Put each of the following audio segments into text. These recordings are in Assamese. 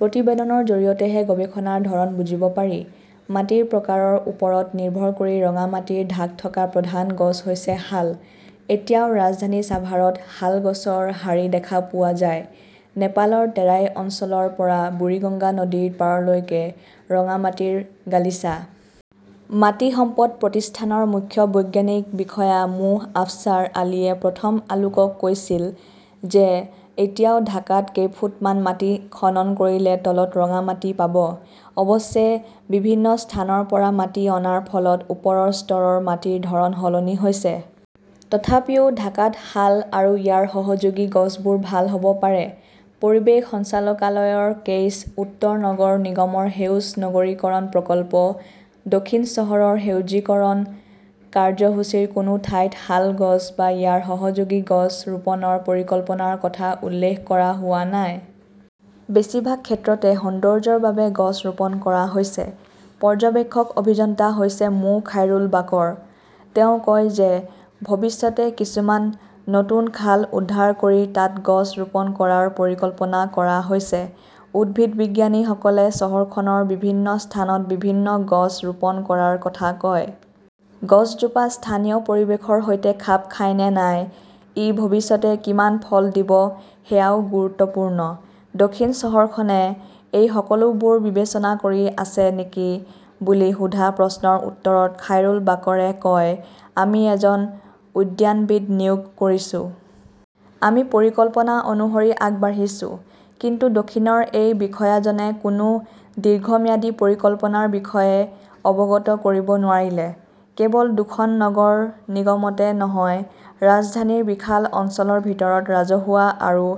প্ৰতিবেদনৰ জৰিয়তেহে গৱেষণাৰ ধৰণ বুজিব পাৰি। মাটিৰ প্ৰকাৰৰ ওপৰত নিৰ্ভৰ কৰি ৰঙা মাটিৰ ঢাক থকা প্ৰধান গছ হৈছে শাল। এতিয়াও ৰাজধানী চাভাৰত শাল গছৰ শাৰী দেখা পোৱা যায়। নেপালৰ টেৰাই অঞ্চলৰ পৰা বুৰিগঙ্গা নদীৰ পাৰলৈকে ৰঙা মাটিৰ গালিচা। মাটি সম্পদ প্ৰতিষ্ঠানৰ মুখ্য বৈজ্ঞানিক বিষয়া মো. আফচাৰ আলীয়ে প্ৰথম আলোকক কৈছিল যে এতিয়াও ঢাকাত কেইফুট মান মাটি খনন কৰিলে তলত ৰঙা মাটি পাব। অৱশ্যে, বিভিন্ন স্থানৰ পৰা মাটি অনাৰ ফলত ওপৰৰ স্তৰৰ মাটিৰ ধৰণ সলনি হৈছে। তথাপিও ঢাকাত শাল আৰু ইয়াৰ সহযোগী গছবোৰ ভাল হ'ব পাৰে। পৰিৱেশ সঞ্চালকালয়ৰ কেইছ, উত্তৰ নগৰ নিগমৰ সেউজ নগৰীকৰণ প্ৰকল্প, দক্ষিণ চহৰৰ সেউজীকৰণ কাৰ্যসূচীৰ কোনো ঠাইত শাল গছ বা ইয়াৰ সহযোগী গছ ৰোপণৰ পৰিকল্পনাৰ কথা উল্লেখ কৰা হোৱা নাই। বেছিভাগ ক্ষেত্ৰতে, সৌন্দৰ্য্যৰ বাবে গছ ৰোপণ কৰা হৈছে। পৰ্যবেক্ষক অভিযন্তা হৈছে মো. খাইৰুল বাকৰ। তেওঁ কয় যে ভৱিষ্যতে কিছুমান নতুন খাল উদ্ধাৰ কৰি তাত গছ ৰোপণ কৰাৰ পৰিকল্পনা কৰা হৈছে। উদ্ভিদবিজ্ঞানীসকলে চহৰখনৰ বিভিন্ন স্থানত বিভিন্ন গছ ৰোপণ কৰাৰ কথা কয়। গছজোপা স্থানীয় পৰিৱেশৰ সৈতে খাপ খায় নে নাই, ই ভৱিষ্যতে কিমান ফল দিব সেয়াও গুৰুত্বপূৰ্ণ। দক্ষিণ চহৰখনে এই সকলোবোৰ বিবেচনা কৰি আছে নেকি বুলি সোধা প্ৰশ্নৰ উত্তৰত খাইৰুল বাকৰে কয়, আমি এজন উদ্যানবিদ নিয়োগ কৰিছো। আমি পৰিকল্পনা অনুসৰি আগবাঢ়িছো। কিন্তু দক্ষিণৰ এই বিষয়াজনে কোনো দীৰ্ঘম্যাদী পৰিকল্পনাৰ বিষয়ে অৱগত কৰিব নোৱাৰিলে। কেৱল দুখন নগৰ নিগমতে নহয়, ৰাজধানীৰ বিশাল অঞ্চলৰ ভিতৰত ৰাজহুৱা আৰু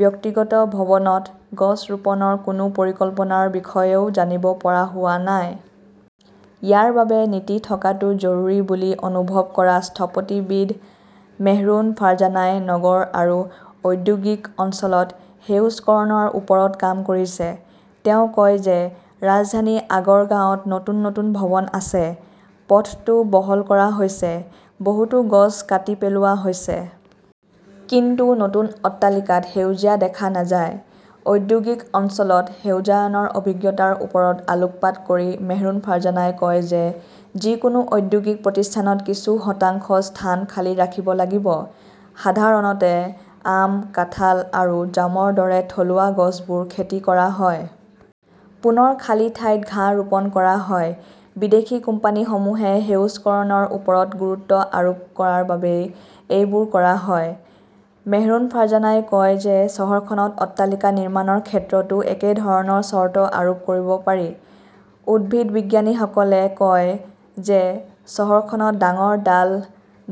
ব্যক্তিগত ভৱনত গছ ৰোপণৰ কোনো পৰিকল্পনাৰ বিষয়েও জানিব পৰা হোৱা নাই। ইয়াৰ বাবে নীতি থকাটো জৰুৰী বুলি অনুভৱ কৰা স্থপতিবিদ মেহৰুন ফাৰ্জানাই নগৰ আৰু ঔদ্যোগিক অঞ্চলত সেউজকৰণৰ ওপৰত কাম কৰিছে। তেওঁ কয় যে ৰাজধানী আগৰগাঁৱত নতুন নতুন ভৱন আছে। পথটো বহল কৰা হৈছে। বহুতো গছ কাটি পেলোৱা হৈছে। কিন্তু নতুন অট্টালিকাত সেউজীয়া দেখা নাযায়। ঔদ্যোগিক অঞ্চলত সেউজায়নৰ অভিজ্ঞতাৰ ওপৰত আলোকপাত কৰি মেহৰুন ফাৰ্জানাই কয় যে যিকোনো ঔদ্যোগিক প্ৰতিষ্ঠানত কিছু শতাংশ স্থান খালী ৰাখিব লাগিব। সাধাৰণতে আম, কাঁঠাল আৰু জামৰ দৰে থলুৱা গছবোৰ খেতি কৰা হয়। পুনৰ খালী ঠাইত ঘাঁহ ৰোপণ কৰা হয়। বিদেশী কোম্পানীসমূহে সেউজকৰণৰ ওপৰত গুৰুত্ব আৰোপ কৰাৰ বাবেই এইবোৰ কৰা হয়। মেহৰুন ফাৰ্জানাই কয় যে চহৰখনত অট্টালিকা নিৰ্মাণৰ ক্ষেত্ৰতো একেধৰণৰ চৰ্ত আৰোপ কৰিব পাৰি। উদ্ভিদবিজ্ঞানীসকলে কয় যে চহৰখনত ডাঙৰ ডাল,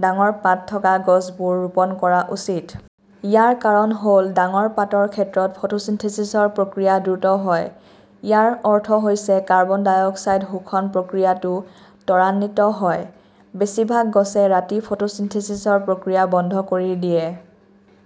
ডাঙৰ পাত থকা গছবোৰ ৰোপণ কৰা উচিত। ইয়াৰ কাৰণ হ'ল, ডাঙৰ পাতৰ ক্ষেত্ৰত ফটোচিনথেসিসৰ প্ৰক্ৰিয়া দ্ৰুত হয়। ইয়াৰ অৰ্থ হৈছে কাৰ্বন ডাই অক্সাইড শোষণ প্ৰক্ৰিয়াটো ত্বৰান্বিত হয়। বেছিভাগ গছে ৰাতি‌ ফটোচিনথেসিসৰ প্ৰক্ৰিয়া বন্ধ কৰি দিয়ে।